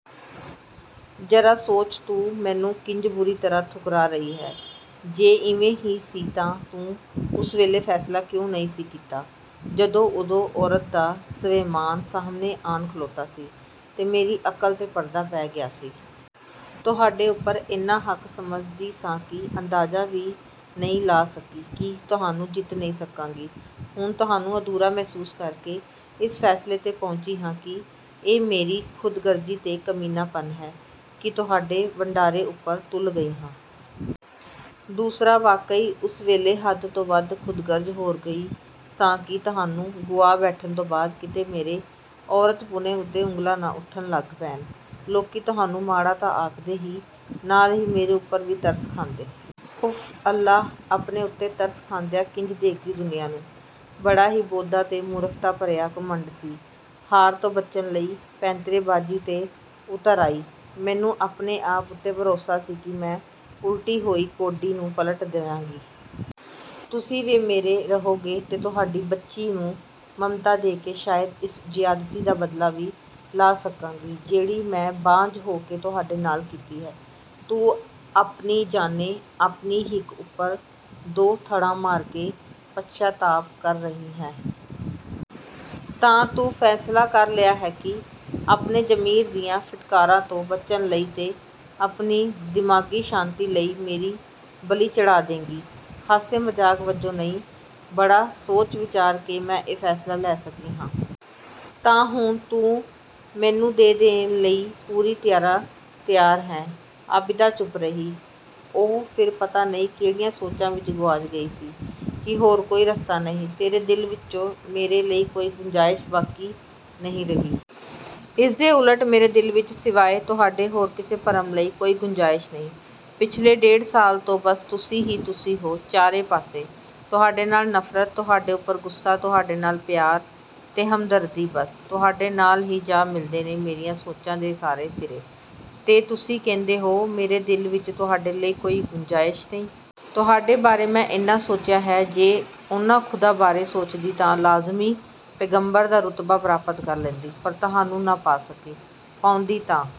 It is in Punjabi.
"ਜ਼ਰਾ ਸੋਚ, ਤੂੰ ਮੈਨੂੰ ਕਿੰਜ ਬੁਰੀ ਤਰ੍ਹਾਂ ਠੁਕਰਾ ਰਹੀ ਹੈਂ? ਜੇ ਇਵੇਂ ਹੀ ਸੀ ਤਾਂ ਤੂੰ ਉਸ ਵੇਲੇ ਫ਼ੈਸਲਾ ਕਿਉਂ ਨਹੀਂ ਸੀ ਕੀਤਾ ਜਦੋਂ" "ਉਦੋਂ ਔਰਤ ਦਾ ਸਵੈਮਾਨ ਸਾਹਮਣੇ ਆਣ ਖਲੋਤਾ ਸੀ, ਤੇ ਮੇਰੀ ਅਕਲ 'ਤੇ ਪਰਦਾ ਪੈ ਗਿਆ ਸੀ। ਤੁਹਾਡੇ ਉੱਪਰ ਇੰਨਾ ਹੱਕ ਸਮਝਦੀ ਸਾਂ ਕਿ ਅੰਦਾਜ਼ਾ ਵੀ ਨਹੀਂ ਲਾ ਸਕੀ ਕਿ ਤੁਹਾਨੂੰ ਜਿੱਤ ਨਹੀਂ ਸਕਾਂਗੀ। ਹੁਣ ਤੁਹਾਨੂੰ ਅਧੂਰਾ ਮਹਿਸੂਸ ਕਰਕੇ ਇਸ ਫ਼ੈਸਲੇ 'ਤੇ ਪਹੁੰਚੀ ਹਾਂ ਕਿ ਇਹ ਮੇਰੀ ਖ਼ੁਦਗਰਜ਼ੀ ਤੇ ਕਮੀਨਾਪਣ ਹੈ ਕਿ ਤੁਹਾਡੇ ਵੰਡਾਰੇ ਉੱਪਰ ਤੁਲ ਗਈ ਹਾਂ। ਦੂਸਰਾ ਵਾਕਈ ਉਸ ਵੇਲੇ ਹੱਦ ਤੋਂ ਵੱਧ ਖ਼ੁਦਗਰਜ਼ ਹੋ ਗਈ ਸਾਂ ਕਿ ਤੁਹਾਨੂੰ ਗੁਆ ਬੈਠਣ ਤੋਂ ਬਾਅਦ ਕਿਤੇ ਮੇਰੇ ਔਰਤਪੁਣੇ ਉੱਤੇ ਉਂਗਲਾਂ ਨਾ ਉੱਠਣ ਲੱਗ ਪੈਣ। ਲੋਕੀ ਤੁਹਾਨੂੰ ਮਾੜਾ ਤਾਂ ਆਖਦੇ ਹੀ, ਨਾਲ ਹੀ ਮੇਰੇ ਉੱਪਰ ਵੀ ਤਰਸ ਖਾਂਦੇ। ਉਫ਼ ਅੱਲਾ, ਆਪਣੇ ਉੱਤੇ ਤਰਸ ਖਾਂਦਿਆਂ ਕਿੰਜ ਦੇਖਦੀ ਦੁਨੀਆਂ ਨੂੰ!" ਬੜਾ ਹੀ ਬੋਦਾ ਤੇ ਮੂਰਖਤਾ ਭਰਿਆ ਘੁਮੰਡ ਸੀ, ਹਾਰ ਤੋਂ ਬਚਣ ਲਈ ਪੈਂਤਰੇਬਾਜ਼ੀ 'ਤੇ ਉਤਰ ਆਈ। ਮੈਨੂੰ ਆਪਣੇ ਆਪ ਉੱਤੇ ਭਰੋਸਾ ਸੀ ਕਿ ਮੈਂ ਉਲਟੀ ਹੋਈ ਕੌਡੀ ਨੂੰ ਪਲਟ ਦਿਆਂਗੀ। ਤੁਸੀਂ ਵੀ ਮੇਰੇ ਰਹੋਗੇ ਤੇ ਤੁਹਾਡੀ ਬੱਚੀ ਨੂੰ ਮਮਤਾ ਦੇ ਕੇ ਸ਼ਾਇਦ ਇਸ ਜ਼ਿਆਦਤੀ ਦਾ ਬਦਲਾ ਵੀ ਲਾਹ ਸਕਾਂਗੀ, ਜਿਹੜੀ ਮੈਂ ਬਾਂਝ ਹੋ ਕੇ ਤੁਹਾਡੇ ਨਾਲ ਕੀਤੀ ਹੈ।" "ਤੂੰ ਆਪਣੀ ਜਾਣੇ, ਆਪਣੀ ਹਿੱਕ ਉੱਪਰ ਦੋਹੱਥੜਾਂ ਮਾਰ ਕੇ ਪਸ਼ਚਾਤਾਪ ਕਰ ਰਹੀ ਹੈਂ?" "ਤਾਂ ਤੂੰ ਫ਼ੈਸਲਾ ਕਰ ਲਿਆ ਹੈ ਕਿ ਆਪਣੇ ਜ਼ਮੀਰ ਦੀਆਂ ਫਿਟਕਾਰਾਂ ਤੋਂ ਬਚਣ ਲਈ ਤੇ ਆਪਣੀ ਦਿਮਾਗ਼ੀ ਸ਼ਾਂਤੀ ਲਈ ਮੇਰੀ ਬਲੀ ਚੜ੍ਹਾ ਦੇਂਗੀ?" "ਹਾਸੇ ਮਜ਼ਾਕ ਵਜੋਂ ਨਹੀਂ, ਬੜਾ ਸੋਚ-ਵਿਚਾਰ ਕੇ ਮੈਂ ਇਹ ਫ਼ੈਸਲਾ ਲੈ ਸਕੀ ਹਾਂ।" "ਤਾਂ ਹੁਣ ਤੂੰ ਮੈਨੂੰ ਦੇ-ਦੇਣ ਲਈ ਪੂਰੀ ਤਰ੍ਹਾਂ ਤਿਆਰ ਹੈਂ?" ਆਬਿਦਾ ਚੁੱਪ ਰਹੀ। ਉਹ ਫਿਰ ਪਤਾ ਨਹੀਂ ਕਿਹੜੀਆਂ ਸੋਚਾਂ ਵਿੱਚ ਗੁਆਚ ਗਈ ਸੀ।"ਕੀ ਹੋਰ ਕੋਈ ਰਸਤਾ ਨਹੀਂ? ਤੇਰੇ ਦਿਲ ਵਿੱਚੋ ਮੇਰੇ ਲਈ ਕੋਈ ਗੁੰਜਾਇਸ਼ ਬਾਕੀ ਨਹੀਂ ਰਹੀ?" "ਇਸ ਦੇ ਉਲਟ, ਮੇਰੇ ਦਿਲ ਵਿੱਚ ਸਿਵਾਏ, ਤੁਹਾਡੇ ਹੋਰ ਕਿਸੇ ਭਰਮ ਲਈ ਕੋਈ ਗੁੰਜਾਇਸ਼ ਨਹੀਂ। ਪਿਛਲੇ ਡੇਢ ਸਾਲ ਤੋਂ ਬਸ ਤੁਸੀਂ ਹੀ ਤੁਸੀਂ ਹੋ ਚਾਰੇ ਪਾਸੇ। ਤੁਹਾਡੇ ਨਾਲ ਨਫ਼ਰਤ, ਤੁਹਾਡੇ ਉੱਪਰ ਗੁੱਸਾ, ਤੁਹਾਡੇ ਨਾਲ ਪਿਆਰ ਤੇ ਹਮਦਰਦੀ ਬੱਸ, ਤੁਹਾਡੇ ਨਾਲ ਹੀ ਜਾ ਮਿਲਦੇ ਨੇ ਮੇਰੀਆਂ ਸੋਚਾਂ ਦੇ ਸਾਰੇ ਸਿਰੇ ਤੇ ਤੁਸੀਂ ਕਹਿੰਦੇ ਹੋ, ਮੇਰੇ ਦਿਲ ਵਿੱਚ ਤੁਹਾਡੇ ਲਈ ਕੋਈ ਗੁੰਜਾਇਸ਼ ਨਹੀਂ! ਤੁਹਾਡੇ ਬਾਰੇ ਮੈਂ ਇੰਨਾ ਸੋਚਿਆ ਹੈ, ਜੇ ਓਨਾ ਖ਼ੁਦਾ ਬਾਰੇ ਸੋਚਦੀ ਤਾਂ ਲਾਜ਼ਮੀ ਪੈਗ਼ੰਬਰ ਦਾ ਰੁਤਬਾ ਪ੍ਰਾਪਤ ਕਰ ਲੈਂਦੀ। ਪਰ ਤੁਹਾਨੂੰ ਨਾ ਪਾ ਸਕੀ।" "ਪਾਉਂਦੀ ਤਾਂ"